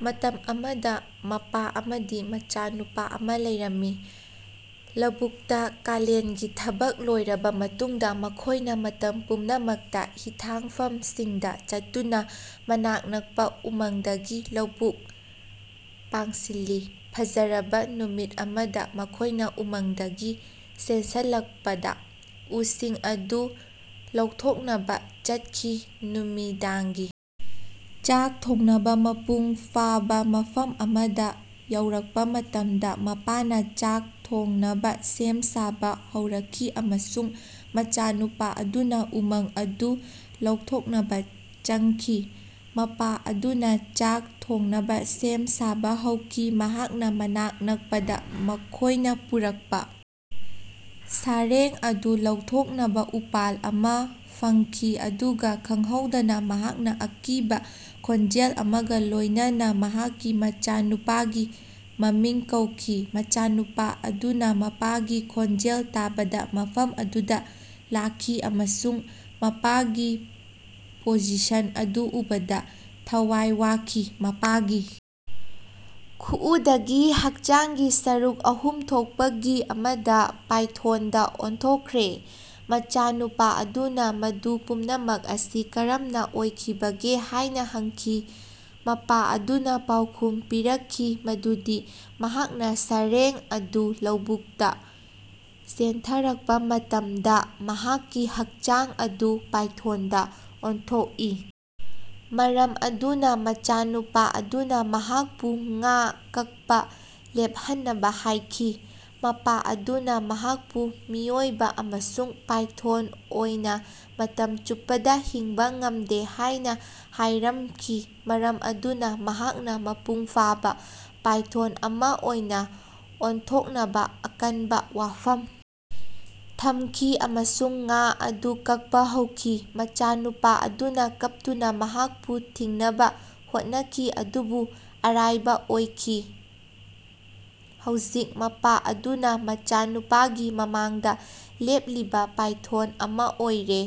ꯃꯇꯝ ꯑꯃꯗꯥ ꯃꯄꯥ ꯑꯃꯗꯤ ꯃꯆꯥꯅꯨꯄꯥ ꯑꯃꯥ ꯂꯩꯔꯝꯃꯤ꯫ ꯂꯧꯕꯨꯛꯇꯥ ꯀꯥꯂꯦꯟꯒꯤ ꯊꯕꯛ ꯂꯣꯏꯔꯕꯥ ꯃꯇꯨꯡꯗꯥ ꯃꯈꯣꯏꯅꯥ ꯃꯇꯝ ꯄꯨꯝꯅꯃꯛꯇꯥ ꯍꯤꯊꯥꯡꯐꯝꯁꯤꯡꯗꯥ ꯆꯠꯇꯨꯅꯥ ꯃꯅꯥꯛ ꯅꯛꯄꯥ ꯎꯃꯪꯗꯒꯤ ꯂꯧꯕꯨꯛ ꯄꯥꯛꯁꯤꯜꯂꯤ꯫ ꯐꯖꯔꯕꯥ ꯅꯨꯃꯤꯠ ꯑꯃꯗꯥ ꯃꯈꯣꯏꯅꯥ ꯎꯃꯪꯗꯒꯤ ꯆꯦꯟꯁꯤꯜꯂꯛꯄꯥ ꯎꯁꯤꯡ ꯑꯗꯨ ꯂꯧꯊꯣꯛꯅꯕꯥ ꯆꯠꯈꯤ꯫ ꯅꯨꯃꯤꯗꯥꯡꯒꯤ ꯆꯥꯛ ꯊꯣꯡꯅꯕꯥ ꯃꯄꯨꯡ ꯐꯥꯕꯥ ꯃꯐꯝ ꯑꯃꯗꯥ ꯌꯧꯔꯛꯄꯥ ꯃꯇꯝꯗꯥ ꯃꯄꯥꯅꯥ ꯆꯥꯛ ꯊꯣꯡꯅꯕꯥ ꯁꯦꯝ ꯁꯥꯕꯥ ꯍꯧꯔꯛꯈꯤ ꯑꯃꯁꯨꯡ ꯃꯆꯥꯅꯨꯄꯥ ꯑꯗꯨꯅꯥ ꯎꯃꯪ ꯑꯗꯨ ꯂꯧꯊꯣꯛꯅꯕꯥ ꯆꯪꯈꯤ꯫ ꯃꯄꯥ ꯑꯗꯨꯅꯥ ꯆꯥꯛ ꯊꯣꯡꯅꯕꯥ ꯁꯦꯝ ꯁꯥꯕꯥ ꯍꯧꯈꯤ꯫ ꯃꯍꯥꯛꯅꯥ ꯃꯅꯥꯛ ꯅꯛꯄꯗꯥ ꯃꯈꯣꯏꯅꯥ ꯄꯨꯔꯛꯄꯥ ꯁꯥꯔꯦꯡ ꯑꯗꯨ ꯂꯧꯊꯣꯛꯅꯕꯥ ꯎꯄꯥꯜ ꯑꯃꯥ ꯐꯪꯈꯤ ꯑꯗꯨꯒꯥ ꯈꯪꯍꯧꯗꯅꯥ ꯃꯍꯥꯛꯅꯥ ꯑꯀꯤꯕꯥ ꯈꯣꯟꯖꯦꯜ ꯑꯃꯒꯥ ꯂꯣꯏꯅꯅꯥ ꯃꯍꯥꯛꯀꯤ ꯃꯆꯥꯅꯨꯄꯥꯒꯤ ꯃꯃꯤꯡ ꯀꯧꯈꯤ꯫ ꯃꯆꯥꯅꯨꯄꯥ ꯑꯗꯨꯅꯥ ꯃꯄꯥꯒꯤ ꯈꯣꯟꯖꯦꯜ ꯇꯥꯕꯗꯥ ꯃꯐꯝ ꯑꯗꯨꯗꯥ ꯂꯥꯛꯈꯤ ꯑꯃꯁꯨꯡ ꯃꯄꯥꯒꯤ ꯄꯣꯖꯤꯁꯟ ꯑꯗꯨ ꯎꯕꯗꯥ ꯊꯋꯥꯏ ꯋꯥꯈꯤ꯫ ꯃꯄꯥꯒꯤ ꯈꯨꯎꯗꯒꯤ ꯍꯛꯆꯥꯡꯒꯤ ꯁꯔꯨꯛ ꯑꯍꯨꯝ ꯊꯣꯛꯄꯒꯤ ꯑꯃꯗꯤ ꯄꯥꯏꯊꯣꯡꯗꯥ ꯑꯣꯟꯊꯣꯛꯈ꯭ꯔꯦ꯫ ꯃꯆꯥꯅꯨꯄꯥ ꯑꯗꯨꯅꯥ ꯃꯗꯨ ꯄꯨꯝꯅꯃꯛ ꯑꯁꯤ ꯀꯔꯝꯅꯥ ꯑꯣꯏꯈꯤꯕꯒꯦ ꯍꯥꯏꯅꯥ ꯍꯪꯈꯤ꯫ ꯃꯄꯥ ꯑꯗꯨꯅꯥ ꯄꯥꯎꯈꯨꯝ ꯄꯤꯔꯛꯈꯤ ꯃꯗꯨꯗꯤ ꯃꯍꯥꯛꯅꯥ ꯁꯥꯔꯦꯡ ꯑꯗꯨ ꯂꯧꯕꯨꯛꯇꯥ ꯆꯦꯟꯊꯔꯛꯄꯥ ꯃꯇꯝꯗꯥ ꯃꯍꯥꯛꯀꯤ ꯍꯛꯆꯥꯡ ꯑꯗꯨ ꯄꯥꯏꯊꯣꯟꯗꯥ ꯑꯣꯟꯊꯣꯛꯏ ꯃꯔꯝ ꯑꯗꯨꯅꯥ ꯃꯆꯥꯅꯨꯄꯥ ꯑꯗꯨꯅꯥ ꯃꯍꯥꯛꯄꯨ ꯉꯥ ꯀꯛꯄꯥ ꯂꯦꯞꯍꯟꯅꯕꯥ ꯍꯥꯏꯈꯤ꯫ ꯃꯄꯥ ꯑꯗꯨꯅꯥ ꯃꯍꯥꯛꯄꯨ ꯃꯤꯑꯣꯏꯕꯥ ꯑꯃꯁꯨꯡ ꯄꯥꯏꯊꯣꯟ ꯑꯣꯏꯅꯥ ꯃꯇꯝ ꯆꯨꯞꯄꯗꯥ ꯍꯤꯡꯕꯥ ꯉꯝꯗꯦ ꯍꯥꯏꯅꯥ ꯍꯥꯏꯔꯝꯈꯤ ꯃꯔꯝ ꯑꯗꯨꯅꯥ ꯃꯍꯥꯛꯅꯥ ꯃꯄꯨꯡ ꯐꯥꯕꯥ ꯄꯥꯏꯊꯣꯟ ꯑꯃꯥ ꯑꯣꯏꯅꯥ ꯑꯣꯟꯊꯣꯛꯅꯕꯥ ꯑꯀꯟꯕꯥ ꯋꯥꯐꯝ ꯊꯝꯈꯤ ꯑꯃꯁꯨꯡ ꯉꯥ ꯑꯗꯨ ꯀꯛꯄꯥ ꯍꯧꯈꯤ꯫ ꯃꯆꯥꯅꯨꯄꯥ ꯑꯗꯨꯅꯥ ꯀꯞꯇꯨꯅꯥ ꯃꯍꯥꯛꯄꯨ ꯊꯤꯡꯅꯕꯥ ꯍꯣꯠꯅꯈꯤ ꯑꯗꯨꯕꯨ ꯑꯔꯥꯏꯕꯥ ꯑꯣꯏꯈꯤ꯫ ꯍꯧꯖꯤꯛ ꯃꯄꯥ ꯑꯗꯨꯅꯥ ꯃꯆꯥꯅꯨꯄꯥꯒꯤ ꯃꯃꯥꯡꯗꯥ ꯂꯦꯞꯂꯤꯕꯥ ꯄꯥꯏꯊꯣꯟ ꯑꯃꯥ ꯑꯣꯏꯔꯦ꯫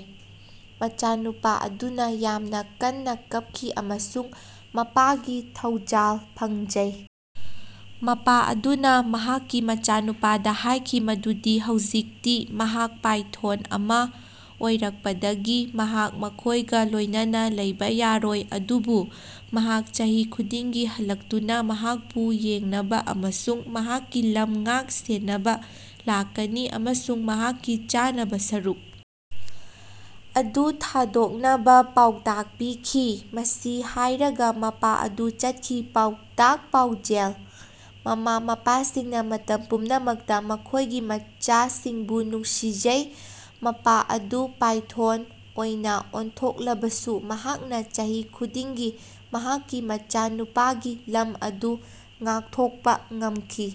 ꯃꯆꯥꯅꯨꯄꯥ ꯑꯗꯨꯅꯥ ꯌꯥꯝꯅꯥ ꯀꯟꯅꯥ ꯀꯞꯈꯤ ꯑꯃꯁꯨꯡ ꯃꯄꯥꯒꯤ ꯊꯧꯖꯥꯜ ꯐꯪꯖꯩ꯫ ꯃꯄꯥ ꯑꯗꯨꯅꯥ ꯃꯍꯥꯛꯀꯤ ꯃꯆꯥꯅꯨꯄꯥꯗꯥ ꯍꯥꯏꯈꯤ ꯃꯗꯨꯗꯤ ꯍꯧꯖꯤꯛꯇꯤ ꯃꯍꯥꯛ ꯄꯥꯏꯊꯣꯟ ꯑꯃꯥ ꯑꯣꯏꯔꯛꯄꯗꯒꯤ ꯃꯍꯥꯛ ꯃꯈꯣꯏꯒꯥ ꯂꯣꯏꯅꯅꯥ ꯂꯩꯕꯥ ꯌꯥꯔꯣꯏ ꯑꯗꯨꯕꯨ ꯃꯍꯥꯛ ꯆꯍꯤ ꯈꯨꯗꯤꯡꯒꯤ ꯍꯜꯂꯛꯇꯨꯅꯥ ꯃꯍꯥꯛꯄꯨ ꯌꯦꯡꯅꯕꯥ ꯑꯃꯁꯨꯡ ꯃꯍꯥꯛꯀꯤ ꯂꯝ ꯉꯥꯛ ꯁꯦꯟꯅꯕꯥ ꯂꯥꯛꯀꯅꯤ ꯑꯃꯁꯨꯡ ꯃꯍꯥꯛꯀꯤ ꯆꯥꯅꯕꯥ ꯁꯔꯨꯛ ꯑꯗꯨ ꯊꯥꯗꯣꯛꯅꯕꯥ ꯄꯥꯎꯇꯥꯛ ꯄꯤꯈꯤ꯫ ꯃꯁꯤ ꯍꯥꯏꯔꯒꯥ ꯃꯄꯥ ꯑꯗꯨ ꯆꯠꯈꯤ꯫ ꯄꯥꯎꯇꯥꯛ ꯄꯥꯎꯖꯦꯜ ꯃꯃꯥ ꯃꯄꯥꯁꯤꯡꯅꯥ ꯃꯇꯝ ꯄꯨꯝꯅꯃꯛꯇꯥ ꯃꯈꯣꯏꯒꯤ ꯃꯆꯥꯁꯤꯡꯕꯨ ꯅꯨꯡꯁꯤꯖꯩ꯫ ꯃꯄꯥ ꯑꯗꯨ ꯄꯥꯏꯊꯣꯟ ꯑꯣꯏꯅꯥ ꯑꯣꯟꯊꯣꯛꯂꯕꯁꯨ ꯃꯍꯥꯛꯅꯥ ꯆꯍꯤ ꯈꯨꯗꯤꯡꯒꯤ ꯃꯍꯥꯛꯀꯤ ꯃꯆꯥꯅꯨꯄꯥꯒꯤ ꯂꯝ ꯑꯗꯨ ꯉꯥꯛꯊꯣꯛꯄꯥ ꯉꯝꯈꯤ꯫